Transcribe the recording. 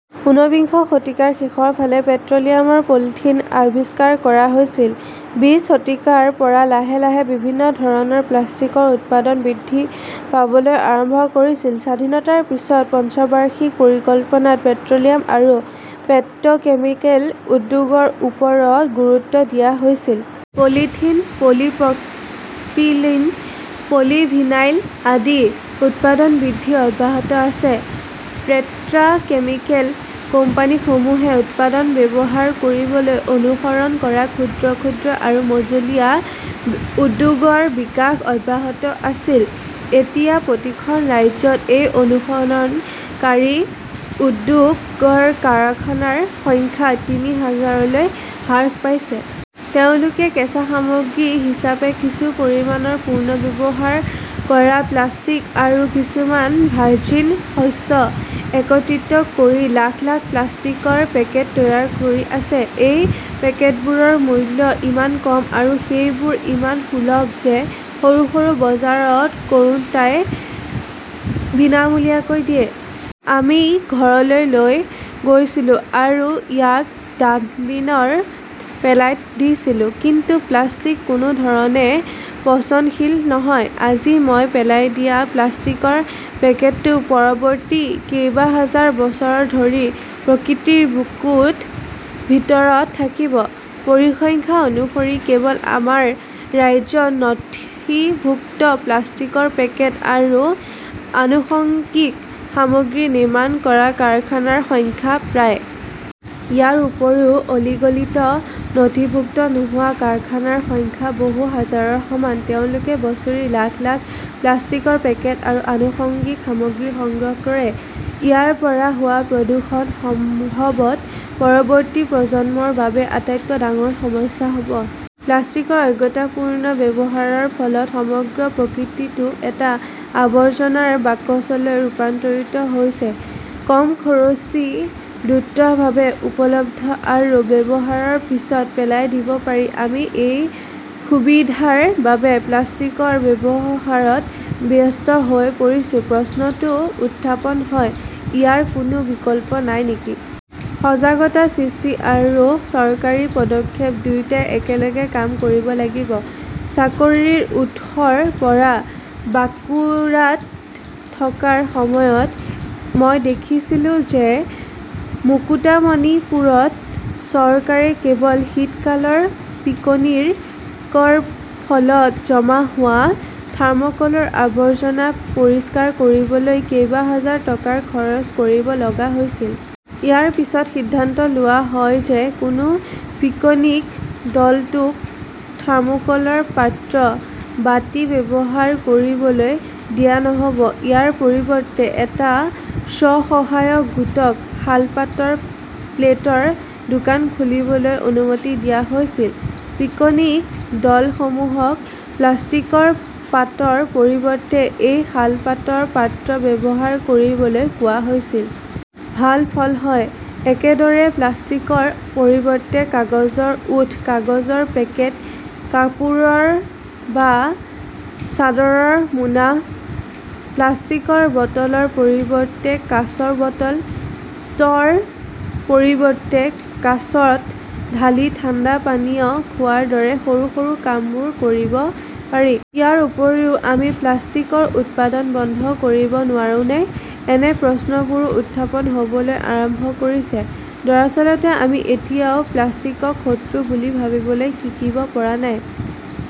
ঊনবিংশ শতিকাৰ শেষৰ ফালে পেট্ৰ'লিয়ামৰ পলিথিন আৱিষ্কাৰ কৰা হৈছিল। বিংশ শতিকাৰ পৰা লাহে - লাহে বিভিন্ন ধৰণৰ প্লাষ্টিকৰ উৎপাদন বৃদ্ধি পাবলৈ আৰম্ভ কৰিছিল। স্বাধীনতাৰ পিছৰ পঞ্চবাৰ্ষিক পৰিকল্পনাত পেট্ৰ'লিয়াম আৰু পেট্ৰ'কেমিকেল উদ্যোগৰ ওপৰত গুৰুত্ব দিয়া হৈছিল। পলিইথিলিন, পলিপ্ৰপিলিন, পলিভিনাইল আদিৰ উৎপাদন বৃদ্ধি অব্যাহত আছে। পেট্ৰাকেমিকেল কোম্পানীসমূহে উৎপাদন ব্যৱহাৰ কৰিবলৈ অনুসৰণ কৰা ক্ষুদ্ৰ-ক্ষুদ্ৰ আৰু মজলীয়া উদ্যোগৰ বিকাশ অব্যাহত আছিল। এতিয়া প্ৰতিখন ৰাজ্যত এই অনুসৰণকাৰী উদ্যোগৰ কাৰখানাৰ সংখ্যা তিনি হাজাৰলৈ হ্ৰাস পাইছে। তেওঁলোকে কেঁচা সামগ্ৰী হিচাপে কিছু পৰিমাণে পুনৰ্ব্যৱহাৰ কৰা প্লাষ্টিক আৰু কিছুমান ভাৰ্জিন শস্য একত্ৰিত কৰি লাখ - লাখ প্লাষ্টিকৰ পেকেট তৈয়াৰ কৰি আছে। এই পেকেটবোৰৰ মূল্য ইমান কম আৰু সেইবোৰ ইমান সুলভ যে সৰু সৰু বজাৰ কৰোঁতাই বিনামূলীয়াকৈ দিয়ে। আমি ঘৰলৈ লৈ গৈছিলো আৰু ইয়াক ডাম্পবিনত পেলাই দিছিলো। কিন্তু প্লাষ্টিক কোনো ধৰণে পচনশীল নহয়। আজি মই পেলাই দিয়া প্লাষ্টিকৰ পেকেটটো পৰৱৰ্তী কেইবাহাজাৰ বছৰ ধৰি প্ৰকৃতিৰ বুকুত ভিতৰত থাকিব। পৰিসংখ্যা অনুসৰি, কেৱল আমাৰ ৰাজ্যত নথিভুক্ত প্লাষ্টিকৰ পেকেট আৰু আনুষংগিক সামগ্ৰী নিৰ্মাণ কৰা কাৰখানাৰ সংখ্যা প্ৰায়। ইয়াৰ উপৰিও, অলিগলীত নথিভুক্ত নোহোৱা কাৰখানাৰ সংখ্যা বহু হাজাৰৰ সমান। তেওঁলোকে বছৰি লাখ লাখ প্লাষ্টিকৰ পেকেট আৰু আনুষঙ্গিক সামগ্ৰী সংগ্ৰহ কৰে। ইয়াৰ পৰা হোৱা প্ৰদূষণ সম্ভৱত পৰৱৰ্তী প্ৰজন্মৰ বাবে আটাইতকৈ ডাঙৰ সমস্যা হ'ব। প্লাষ্টিকৰ অজ্ঞতাপূৰ্ণ ব্যৱহাৰৰ ফলত সমগ্ৰ প্ৰকৃতিটো এটা আৱৰ্জনাৰ বাকচলৈ ৰূপান্তৰিত হৈছে। কম খৰচী, দ্ৰুতভাৱে উপলব্ধ আৰু ব্যৱহাৰৰ পিছত পেলাই দিব পাৰি আমি এই সুবিধাৰ বাবে প্লাষ্টিকৰ ব্যৱহাৰত ব্যস্ত হৈ পৰিছো। প্ৰশ্নটো উত্থাপন হয়, ইয়াৰ কোনো বিকল্প নাই নেকি? সজাগতা সৃষ্টি আৰু চৰকাৰী পদক্ষেপ দুয়োটাই একেলগে কাম কৰিব লাগিব। চাকৰিৰ উৎসৰ পৰা বাকুড়াত থকাৰ সময়ত, মই দেখিছিলো যে মুকুটমণিপুৰত চৰকাৰে কেৱল শীতকালৰ পিকনিকৰ ফলত জমা হোৱা থাৰ্মকলৰ আৱৰ্জনা পৰিষ্কাৰ কৰিবলৈ কেইবা হাজাৰ টকা খৰচ কৰিব লগা হৈছিল। ইয়াৰ পিছত সিদ্ধান্ত লোৱা হয় যে কোনো পিকনিক দলটোক থাৰ্মোক্লৰ পাত্ৰ, বাটি ব্যৱহাৰ কৰিবলৈ দিয়া নহ'ব। ইয়াৰ পৰিৱৰ্তে, এটা স্ব-সহায়ক গোটক শালপাতৰ প্লেটৰ দোকান খুলিবলৈ অনুমতি দিয়া হৈছিল। পিকনিক দলসমূহক প্লাষ্টিকৰ পাত্ৰৰ পৰিৱৰ্তে এই শালপাতৰ পাত্ৰ ব্যৱহাৰ কৰিবলৈ কোৱা হৈছিল। ভাল ফল হয়। একেদৰে, প্লাষ্টিকৰ পৰিৱৰ্তে কাগজৰ ওঁঠ, কাগজৰ পেকেট, কাপোৰ বা চাদৰৰ মোনা, প্লাষ্টিকৰ বটলৰ পৰিৱৰ্তে কাঁচৰ বটল, ষ্ট্ৰৰ পৰিৱৰ্তে কাঁচত ঢালি ঠাণ্ডা পানীয় খোৱাৰ দৰে সৰু - সৰু কাম কৰিব পাৰি। ইয়াৰ উপৰিও, আমি প্লাষ্টিকৰ উৎপাদন বন্ধ কৰিব নোৱাৰোনে? এনে প্ৰশ্নবোৰো উত্থাপন হ'বলৈ আৰম্ভ কৰিছে। দৰাচলতে আমি এতিয়াও প্লাষ্টিকক শত্ৰু বুলি ভাবিবলৈ শিকিব পৰা নাই।